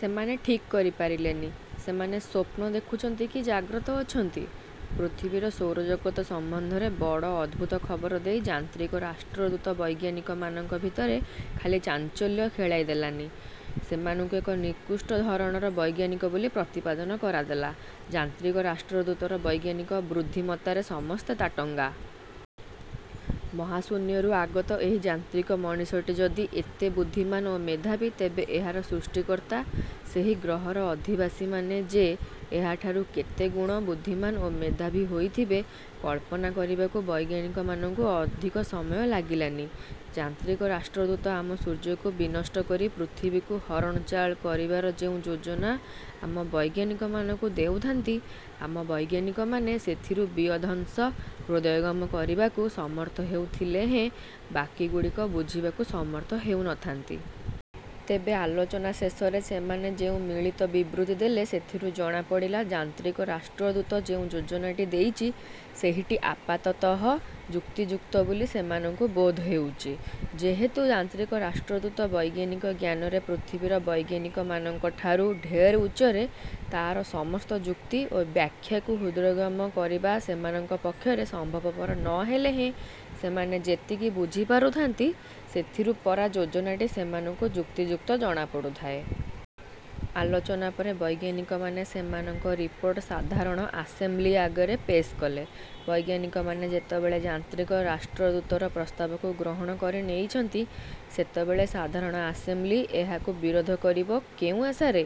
ସେମାନେ ଠିକ୍ କରିପାରିଲେନି, ସେମାନେ ସ୍ୱପ୍ନ ଦେଖୁଛନ୍ତି କି ଜାଗ୍ରତ ଅଛନ୍ତି! ପୃଥିବୀର ସୌରଜଗତ ସମ୍ବନ୍ଧରେ ବଡ଼ ଅଦ୍ଭୁତ ଖବର ଦେଇ ଯାନ୍ତ୍ରିକ ରାଷ୍ଟ୍ରଦୂତ ବୈଜ୍ଞାନିକମାନଙ୍କ ଭିତରେ ଖାଲି ଚାଞ୍ଚଲ୍ୟ ଖେଳାଇଦେଲାନି, ସେମାନଙ୍କୁ ଏକ ନିକୃଷ୍ଟ ଧରଣର ବୈଜ୍ଞାନିକ ବୋଲି ପ୍ରତିପାଦନ କରା ଦେଲା। ଯାନ୍ତ୍ରିକ ରାଷ୍ଟ୍ରଦୂତର ବୈଜ୍ଞାନିକ ବୃଦ୍ଧିମତ୍ତାରେ ସମସ୍ତେ ତାଟଙ୍ଗା। ମହାଶୂନ୍ୟରୁ ଆଗତ ଏହି ଯାନ୍ତ୍ରିକ ମଣିଷଟି ଯଦି ଏତେ ବୁଦ୍ଧିମାନ ଓ ମେଧାବୀ ତେବେ ଏହାର ସୃଷ୍ଟିକର୍ତ୍ତା, ସେହି ଗ୍ରହର ଅଧିବାସୀମାନେ ଯେ ଏହାଠାରୁ କେତେ ଗୁଣ ବୁଦ୍ଧିମାନ ଓ ମେଧାବୀ ହୋଇଥିବେ କଳ୍ପନା କରିବାକୁ ବୈଜ୍ଞାନିକମାନଙ୍କୁ ଅଧିକ ସମୟ ଲାଗିଲାନି। ଯାନ୍ତ୍ରିକ ରାଷ୍ଟ୍ରଦୂତ ଆମ ସୂର୍ଯ୍ୟକୁ ବିନଷ୍ଟ କରି ପୃଥିବୀକୁ ହରଣଚାଳ କରିବାର ଯେଉଁ ଯୋଜନା ଆମ ବୈଜ୍ଞାନିକମାନଙ୍କୁ ଦେଉଥାନ୍ତି, ଆମ ବୈଜ୍ଞାନିକମାନେ ସେଥିରୁ ବିୟଦ୍ଦଂଶ ହୃଦୟଙ୍ଗମ କରିବାକୁ ସମର୍ଥ ହେଉ ଥିଲେହେଁ ବାକିଗୁଡ଼ିକ ବୁଝିବାକୁ ସମର୍ଥ ହେଉ ନ ଥାନ୍ତି। ତେବେ ଆଲୋଚନା ଶେଷରେ ସେମାନେ ଯେଉଁ ମିଳିତ ବିବୃତି ଦେଲେ ସେଥିରୁ ଜଣାପଡ଼ିଲା ଯାନ୍ତ୍ରିକ ରାଷ୍ଟ୍ରଦୂତ ଯେଉଁ ଯୋଜନାଟି ଦେଇଛି, ସେହିଟି ଆପାତତଃ ଯୁକ୍ତିଯୁକ୍ତ ବୋଲି ସେମାନଙ୍କୁ ବୋଧହେଉଛି। ଯେହେତୁ ଯାନ୍ତ୍ରିକ ରାଷ୍ଟ୍ରଦୂତ ବୈଜ୍ଞାନିକ ଜ୍ଞାନରେ ପୃଥିବୀର ବୈଜ୍ଞାନିକମାନଙ୍କରଠାରୁ ଢେର ଉଚ୍ଚରେ, ତାର ସମସ୍ତ ଯୁକ୍ତି ଓ ବ୍ୟାଖ୍ୟାକୁ ହୃଦୟଙ୍ଗମ କରିବା ସେମାନଙ୍କ ପକ୍ଷରେ ସମ୍ଭବପର ନ ହେଲେହେଁ ସେମାନେ ଯେତିକି ବୁଝି ପାରୁଥାନ୍ତି, ସେଥିରୁ ପରା ଯୋଜନାଟି ସେମାନଙ୍କୁ ଯୁକ୍ତିଯୁକ୍ତ ଜଣାପଡ଼ୁଥାଏ। ଆଲୋଚନା ପରେ ବୈଜ୍ଞାନିକମାନେ ସେମାନଙ୍କ ରିପୋର୍ଟ ସାଧାରଣ ଆସେମ୍ବ୍ଲି ଆଗରେ ପେଶ୍ କଲେ। ବୈଜ୍ଞାନିକମାନେ ଯେତେବେଳେ ଯାନ୍ତ୍ରିକ ରାଷ୍ଟ୍ରଦୂତର ପ୍ରସ୍ତାବକୁ ଗ୍ରହଣ କରି ନେଇଛନ୍ତି, ସେତେବେଳେ ସାଧାରଣ ଆସେମ୍ବ୍ଲି ଏହାକୁ ବିରୋଧ କରିବ କେଉଁ ଆଶାରେ!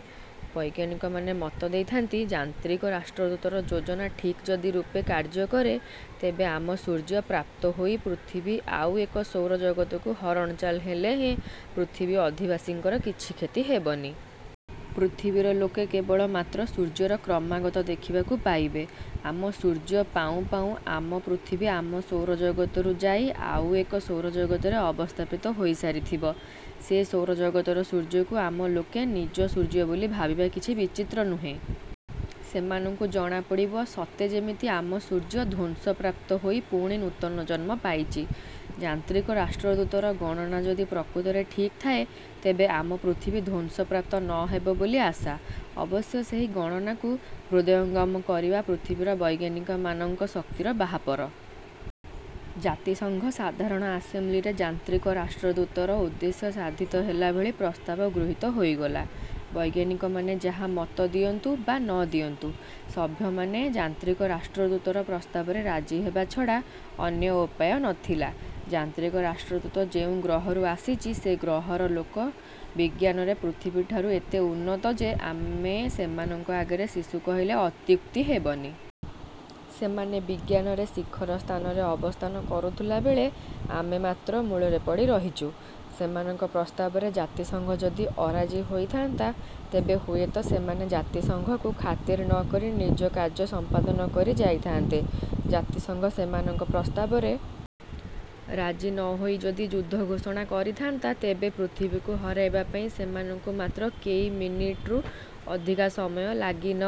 ବୈଜ୍ଞାନିକମାନେ ମତ ଦେଇଥାନ୍ତି, ଯାନ୍ତ୍ରିକ ରାଷ୍ଟ୍ରଦୂତର ଯୋଜନା ଠିକ୍ ଯଦି ରୂପେ କାର୍ଯ୍ୟ କରେ, ତେବେ ଆମ ସୂର୍ଯ୍ୟ ପ୍ରାପ୍ତ ହୋଇ ପୃଥିବୀ ଆଉ ଏକ ସୌରଜଗତକୁ ହରଣଚାଳ ହେଲେହେଁ ପୃଥିବୀ ଅଧିବାସୀଙ୍କର କିଛି କ୍ଷତି ହେବନି। ପୃଥିବୀର ଲୋକେ କେବଳ ମାତ୍ର ସୂର୍ଯ୍ୟର କ୍ରମାଗତ ଦେଖିବାକୁ ପାଇବେ। ଆମ ସୂର୍ଯ୍ୟ ପାଉଁ ପାଉଁ ଆମ ପୃଥିବୀ ଆମ ସୌରଜଗତରୁ ଯାଇ ଆଉ ଏକ ସୌରଜଗତରେ ଅବସ୍ଥାପିତ ହୋଇ ସାରିଥିବ। ସେ ସୌରଜଗତର ସୂର୍ଯ୍ୟକୁ ଆମ ଲୋକେ ନିଜ ସୂର୍ଯ୍ୟ ବୋଲି ଭାବିବା କିଛି ବିଚିତ୍ର ନୁହେଁ। ସେମାନଙ୍କୁ ଜଣାପଡ଼ିବ ସତେ ଯେମିତି ଆମ ସୂର୍ଯ୍ୟ ଧ୍ୱଂସ ପ୍ରାପ୍ତ ହୋଇ ପୁଣି ନୂତନ ଜନ୍ମ ପାଇଛି। ଯାନ୍ତ୍ରିକ ରାଷ୍ଟ୍ରଦୂତର ଗଣନା ଯଦି ପ୍ରକୃତରେ ଠିକ୍ ଥାଏ ତେବେ ଆମ ପୃଥିବୀ ଧ୍ୱଂସ ପ୍ରାପ୍ତ ନ ହେବ ବୋଲି ଆଶା। ଅବଶ୍ୟ ସେହି ଗଣନାକୁ ହୃଦୟଙ୍ଗମ କରିବା ପୃଥିବୀର ବୈଜ୍ଞାନିକମାନଙ୍କ ଶକ୍ତିର ବାହାପର। ଜାତିସଂଘ ସାଧାରଣ ଆସେମ୍ବ୍ଲିରେ ଯାନ୍ତ୍ରିକ ରାଷ୍ଟ୍ରଦୂତର ଉଦ୍ଦେଶ୍ୟ ସାଧିତ ହେଲାଭଳି ପ୍ରସ୍ତାବ ଗୃହୀତ ହୋଇଗଲା। ବୈଜ୍ଞାନିକମାନେ ଯାହା ମତ ଦିଅନ୍ତୁ ବା ନ ଦିଅନ୍ତୁ ସଭ୍ୟମାନେ ଯାନ୍ତ୍ରିକ ରାଷ୍ଟ୍ରଦୂତର ପ୍ରସ୍ତାବରେ ରାଜି ହେବା ଛଡ଼ା। ଅନ୍ୟ ଉପାୟ ନ ଥିଲା। ଯାନ୍ତ୍ରିକ ରାଷ୍ଟ୍ରଦୂତ ଯେଉଁ ଗ୍ରହରୁ ଆସିଛି, ସେ ଗ୍ରହର ଲୋକ ବିଜ୍ଞାନରେ ପୃଥିବୀଠାରୁ ଏତେ ଉନ୍ନତ ଯେ ଆମେ ସେମାନଙ୍କ ଆଗରେ ଶିଶୁ କହିଲେ ଅତ୍ୟୁକ୍ତି ହେବନି। ସେମାନେ ବିଜ୍ଞାନରେ ଶିଖର ସ୍ଥାନରେ ଅବସ୍ଥାନ କରୁଥିଲାବେଳେ ଆମେ ମାତ୍ର ମୂଳରେ ପଡ଼ି ରହିଛୁଁ। ସେମାନଙ୍କ ପ୍ରସ୍ତାବରେ ଜାତିସଂଘ ଯଦି ଅରାଜି ହୋଇଥାନ୍ତା ତେବେ ହୁଏତ ସେମାନେ ଜାତିସଂଘକୁ ଖାତିର ନ କରି ନିଜ କାର୍ଯ୍ୟ ସଂପାଦନ କରି ଯାଇ ଥାଆନ୍ତେ। ଜାତିସଂଘ ସେମାନଙ୍କ ପ୍ରସ୍ତାବରେ ରାଜି ନ ହୋଇ ଯଦି ଯୁଦ୍ଧ ଘୋଷଣା କରିଥାନ୍ତା ତେବେ ପୃଥିବୀକୁ ହରାଇବା ପାଇଁ ସେମାନଙ୍କୁ ମାତ୍ର କେଇ ମିନିଟ୍ରୁ ଅଧିକା ସମୟ ଲାଗି ନ